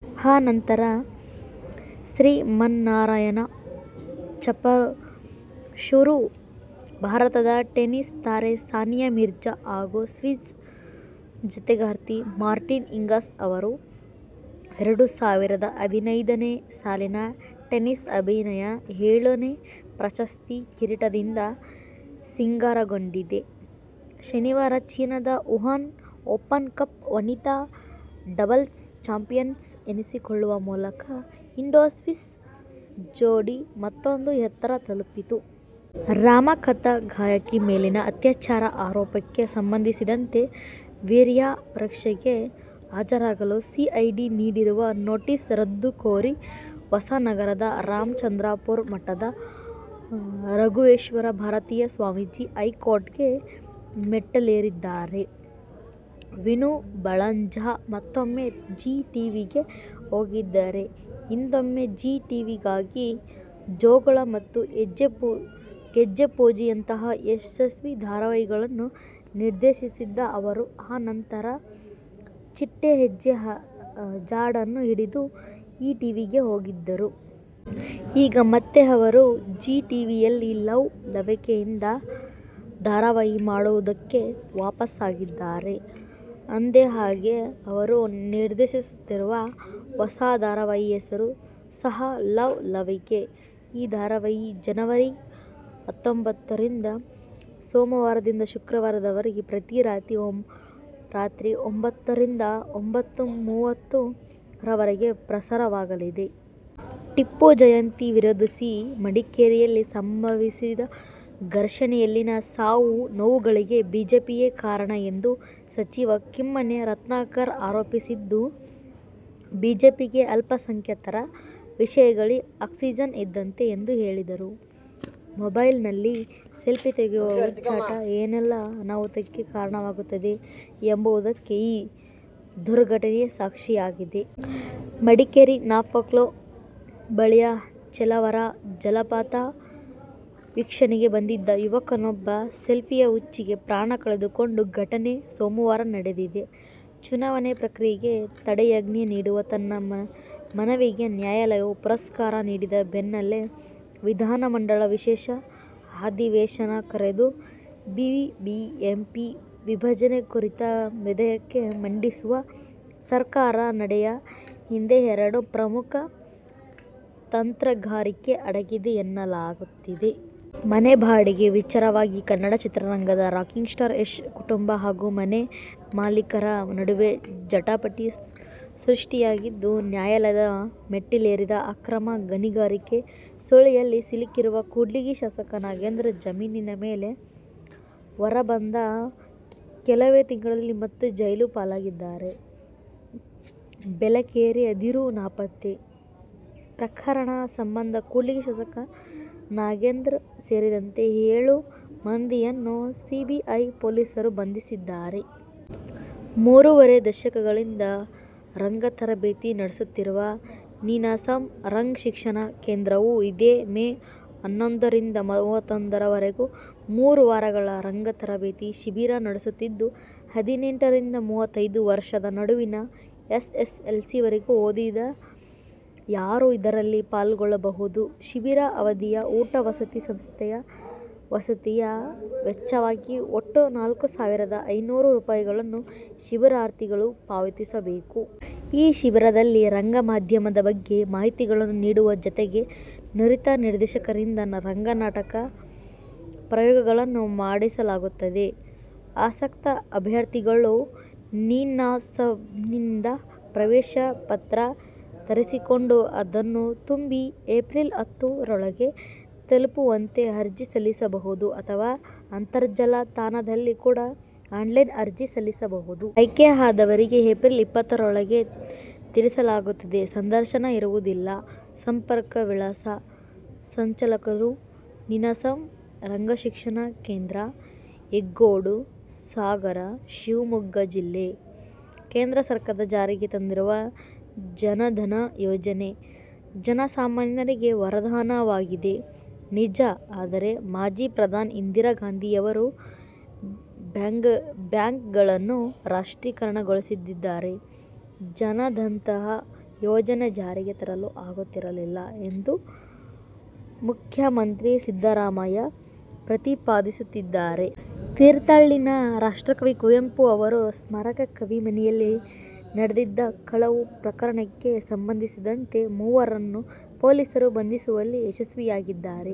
ಆ ನಂತರ ಶ್ರೀಮನ್ನಾರಾಯಣ ಜಪ ಶುರು. ಭಾರತದ ಟೆನಿಸ್ ತಾರೆ ಸಾನಿಯಾ ಮಿರ್ಜಾ ಹಾಗೂ ಸ್ವಿಸ್ ಜತೆಗಾರ್ತಿ ಮಾರ್ಟಿನಾ ಹಿಂಗಿಸ್ ಅವರ ಎರಡು ಸಾವಿರದ ಹದಿನೈದು ನೇ ಸಾಲಿನ ಟೆನಿಸ್ ಅಭಿಯಾನ ಏಳು ನೇ ಪ್ರಶಸ್ತಿ ಕಿರೀಟದಿಂದ ಸಿಂಗಾರಗೊಂಡಿದೆ. ಶನಿವಾರ ಚೀನದ ವುಹಾನ್ ಓಪನ್ ಕಪ್ ವನಿತಾ ಡಬಲ್ಸ್ ಚಾಂಪಿಯನ್ಸ್ ಎನಿಸಿಕೊಳ್ಳುವ ಮೂಲಕ ಇಂಡೋ-ಸ್ವಿಸ್ ಜೋಡಿ ಮತ್ತೂಂದು ಎತ್ತರ ತಲುಪಿತು. ರಾಮಕಥಾ ಗಾಯಕಿ ಮೇಲಿನ ಅತ್ಯಾಚಾರ ಆರೋಪಕ್ಕೆ ಸಂಬಂಧಿಸಿದಂತೆ ವೀರ್ಯ ಪರೀಕ್ಷೆಗೆ ಹಾಜರಾಗಲು ಸಿಐಡಿ ನೀಡಿರುವ ನೋಟಿಸ್ ರದ್ದು ಕೋರಿ ಹೊಸನಗರದ ರಾಮಚಂದ್ರಾಪುರ ಮಠದ ರಾಘವೇಶ್ವರ ಭಾರತೀ ಸ್ವಾಮೀಜಿ ಹೈಕೋರ್ಟ್ಗೆ ಮೆಟ್ಟಿಲೇರಿದ್ದಾರೆ. ವಿನು ಬಳಂಜ ಮತ್ತೂಮ್ಮೆ ಜೀ ಟಿವಿಗೆ ಹೋಗಿದ್ದಾರೆ. ಹಿಂದೊಮ್ಮೆ ಜೀ ಟಿವಿಗಾಗಿ ಜೋಗುಳ ಮತ್ತು ಗೆಜ್ಜೆಪೂಜೆಯಂತಹ ಯಶಸ್ವಿ ಧಾರಾವಾಹಿಗಳನ್ನು ನಿರ್ದೇಶಿಸಿದ್ದ ಅವರು, ಆ ನಂತರ ಚಿಟ್ಟೆ ಹೆಜ್ಜೆ ಜಾಡನ್ನು ಹಿಡಿದು ಈಟಿವಿಗೆ ಹೋಗಿದ್ದರು. ಈಗ ಮತ್ತೆ ಅವರು ಜೀ ಟಿವಿಯಲ್ಲಿ ಲವ್ ಲವಿಕೆಯಿಂದ ಧಾರಾವಾಹಿ ಮಾಡುವುದಕ್ಕೆ ವಾಪಸ್ಸಾಗಿದ್ದಾರೆ. ಅಂದ ಹಾಗೆ, ಅವರು ನಿರ್ದೇಶಿಸುತ್ತಿರುವ ಹೊಸ ಧಾರಾವಾಹಿಯ ಹೆಸರು ಸಹ ಲವ್ ಲವಿಕೆ. ಈ ಧಾರಾವಾಹಿ ಜನವರಿ ಹತ್ತೊಂಬತ್ತು ರಿಂದ ಸೋಮವಾರದಿಂದ ಶುಕ್ರವಾರದವರೆಗೆ ಪ್ರತಿ ರಾತ್ರಿ ಒಂಬತ್ತು ರಿಂದ ಒಂಬತ್ತು: ಮೂವತ್ತು ರವರೆಗೆ ಪ್ರಸಾರವಾಗಲಿದೆ. ಟಿಪ್ಪು ಜಯಂತಿ ವಿರೋಧಿಸಿ ಮಡಿಕೇರಿಯಲ್ಲಿ ಸಂಭವಿಸಿದ ಘರ್ಷಣೆಯಲ್ಲಿನ ಸಾವು ನೋವುಗಳಿಗೆ ಬಿಜೆಪಿಯೇ ಕಾರಣ ಎಂದು ಸಚಿವ ಕಿಮ್ಮನೆ ರತ್ನಾಕರ್ ಆರೋಪಿಸಿದ್ದು, ಬಿಜೆಪಿಗೆ ಅಲ್ಪಸಂಖ್ಯಾತರ ವಿಷಯಗಳೇ ಆಕ್ಸಿಜನ್ ಇದ್ದಂತೆ ಎಂದು ಹೇಳಿದರು. ಮೊಬೈಲ್ ನಲ್ಲಿ ಸೆಲ್ಫಿ ತೆಗೆಯುವ ಹುಚ್ಚಾಟ ಏನೇಲ್ಲಾ ಅನಾಹುತಕ್ಕೆ ಕಾರಣವಾಗುತ್ತದೆ ಎಂಬುದಕ್ಕೆ ಈ ದುರ್ಘಟನೆಯೇ ಸಾಕ್ಷಿಯಾಗಿದೆ. ಮಡಿಕೇರಿ ನಾಫೋಕ್ಲು ಬಳಿಯ ಚೇಲಾವರ ಜಲಪಾತ ವೀಕ್ಷಣೆಗೆ ಬಂದಿದ್ದ ಯುವಕನೊಬ್ಬ ಸೆಲ್ಫಿಯ ಹುಚ್ಚಿಗೆ ಪ್ರಾಣ ಕಳೆದುಕೊಂಡ ಘಟನೆ ಸೋಮವಾರ ನಡೆದಿದೆ. ಚುನಾವಣೆ ಪ್ರಕ್ರಿಯೆಗೆ ತಡೆಯಾಜ್ಞೆ ನೀಡುವ ತನ್ನ ಮನವಿಗೆ ನ್ಯಾಯಾಲಯ ಪುರಸ್ಕಾರ ನೀಡದ ಬೆನ್ನಲ್ಲೇ ವಿಧಾನಮಂಡಲ ವಿಶೇಷ ಅಧಿವೇಶನ ಕರೆದು ಬಿಬಿಎಂಪಿ ವಿಭಜನೆ ಕುರಿತ ವಿಧೇಯಕ ಮಂಡಿಸುವ ಸರ್ಕಾರದ ನಡೆಯ ಹಿಂದೆ ಎರಡು ಪ್ರಮುಖ ತಂತ್ರಗಾರಿಕೆ ಅಡಗಿದೆ ಎನ್ನಲಾಗುತ್ತಿದೆ. ಮನೆ ಬಾಡಿಗೆ ವಿಚಾರವಾಗಿ ಕನ್ನಡ ಚಿತ್ರರಂಗದ ರಾಕಿಂಗ್ ಸ್ಟಾರ್ ಯಶ್ ಕುಟುಂಬ ಹಾಗೂ ಮನೆ ಮಾಲೀಕರ ನಡುವೆ ಜಟಾಪಟಿ ಸೃಷ್ಟಿಯಾಗಿದ್ದು, ನ್ಯಾಯಾಲಯದ ಮೆಟ್ಟಿಲೇರಿದೆ. ಅಕ್ರಮ ಗಣಿಗಾರಿಕೆ ಸುಳಿಯಲ್ಲಿ ಸಿಲುಕಿರುವ ಕೂಡ್ಲಿಗಿ ಶಾಸಕ ನಾಗೇಂದ್ರ ಜಾಮೀನಿನ ಮೇಲೆ ಹೊರಬಂದ ಕೆಲವೇ ತಿಂಗಳಲ್ಲಿ ಮತ್ತೆ ಜೈಲು ಪಾಲಾಗಿದ್ದಾರೆ. ಬೇಲೆಕೇರಿ ಅದಿರು ನಾಪತ್ತೆ ಪ್ರಕರಣ ಸಂಬಂಧ ಕೂಡ್ಲಿಗಿ ಶಾಸಕ ನಾಗೇಂದ್ರ ಸೇರಿದಂತೆ ಏಳು ಮಂದಿಯನ್ನು ಸಿಬಿಐ ಪೊಲೀಸರು ಬಂಧಿಸಿದ್ದಾರೆ. ಮೂರೂವರೆ ದಶಕಗಳಿಂದ ರಂಗ ತರಬೇತಿ ನಡೆಸುತ್ತಿರುವ ನೀನಾಸಮ್ ರಂಗ ಶಿಕ್ಷಣ ಕೇಂದ್ರವು ಇದೇ ಮೇ ಹನ್ನೊಂದು ರಿಂದ ಮೂವತ್ತೊಂದು ರವರೆಗೆ ಮೂರು ವಾರಗಳ ರಂಗತರಬೇತಿ ಶಿಬಿರ ನಡೆಸುತ್ತಿದ್ದು, ಹದಿನೆಂಟು ರಿಂದ ಮೂವತೈದು ವರ್ಷದ ನಡುವಿನ ಎಸ್ಎಸ್ಎಲ್ಸಿವರೆಗೆ ಓದಿದ ಯಾರೂ ಇದರಲ್ಲಿ ಪಾಲ್ಗೊಳ್ಳಬಹುದು. ಶಿಬಿರದ ಅವಧಿಯ ಊಟ-ವಸತಿ ವ್ಯವಸ್ಥೆಯ ವೆಚ್ಚವಾಗಿ ಒಟ್ಟು ನಾಲ್ಕು ಸಾವಿರದ ಐನ್ನೂರು ರೂಪಾಯಿಗಳನ್ನು ಶಿಬಿರಾರ್ಥಿಗಳು ಪಾವತಿಸಬೇಕು. ಈ ಶಿಬಿರದಲ್ಲಿ ರಂಗಮಾಧ್ಯಮದ ಬಗ್ಗೆ ಮಾಹಿತಿಗಳನ್ನು ನೀಡುವ ಜತೆಗೆ ನುರಿತ ನಿರ್ದೇಶಕರಿಂದ ರಂಗನಾಟಕ ಪ್ರಯೋಗಗಳನ್ನೂ ಮಾಡಿಸಲಾಗುತ್ತದೆ. ಆಸಕ್ತ ಅಭ್ಯರ್ಥಿಗಳು ನೀನಾಸಮ್ನಿಂದ ಪ್ರವೇಶ ಪತ್ರ ತರಿಸಿಕೊಂಡು ಅದನ್ನು ತುಂಬಿ ಎಪ್ರಿಲ್ ಹತ್ತು ರೊಳಗೆ ತಲುಪುವಂತೆ ಅರ್ಜಿ ಸಲ್ಲಿಸಬಹುದು. ಅಥವಾ ಅಂತರ್ಜಾಲ ತಾಣ ದಲ್ಲಿ ಕೂಡ ಆನ್ಲೈನ್ ಅರ್ಜಿ ಸಲ್ಲಿಸಬಹುದು. ಆಯ್ಕೆಯಾದವರಿಗೆ ಎಪ್ರಿಲ್ ಇಪ್ಪತ್ತು ರೊಳಗೆ ತಿಳಿಸಲಾಗುತ್ತದೆ. ಸಂದರ್ಶನ ಇರುವುದಿಲ್ಲ. ಸಂಪರ್ಕ ವಿಳಾಸ: ಸಂಚಾಲಕರು, ನೀನಾಸಮ್ ರಂಗಶಿಕ್ಷಣ ಕೇಂದ್ರ, ಹೆಗ್ಗೋಡು, ಸಾಗರ, ಶಿವಮೊಗ್ಗ ಜಿಲ್ಲೆ. ಕೇಂದ್ರ ಸರ್ಕಾರ ಜಾರಿಗೆ ತಂದಿರುವ ಜನಧನ ಯೋಜನೆ ಜನಸಾಮಾನ್ಯರಿಗೆ ವರದಾನವಾಗಿದೆ, ನಿಜ. ಆದರೆ, ಮಾಜಿ ಪ್ರಧಾನಿ ಇಂದಿರಾ ಗಾಂಧಿಯವರು ಬ್ಯಾಂಕ್ಗಳನ್ನು ರಾಷ್ಟ್ರೀಕರಣಗೊಳಿಸದಿದ್ದರೆ ಜನಧನದಂತಹ ಯೋಜನೆ ಜಾರಿಗೆ ತರಲು ಆಗುತ್ತಿರಲಿಲ್ಲ ಎಂದು ಮುಖ್ಯಮಂತ್ರಿ ಸಿದ್ದರಾಮಯ್ಯ ಪ್ರತಿಪಾದಿಸಿದ್ದಾರೆ. ತೀರ್ಥಹಳ್ಳಿಯಲ್ಲಿನ ರಾಷ್ಟ್ರಕವಿ ಕುವೆಂಪು ಅವರ ಸ್ಮಾರಕ ಕವಿಮನೆಯಲ್ಲಿ ನಡೆದಿದ್ದ ಕಳವು ಪ್ರಕರಣಕ್ಕೆ ಸಂಬಂಧಿಸಿದಂತೆ ಮೂವರನ್ನು ಪೊಲೀಸರು ಬಂಧಿಸುವಲ್ಲಿ ಯಶಸ್ವಿಯಾಗಿದ್ದಾರೆ.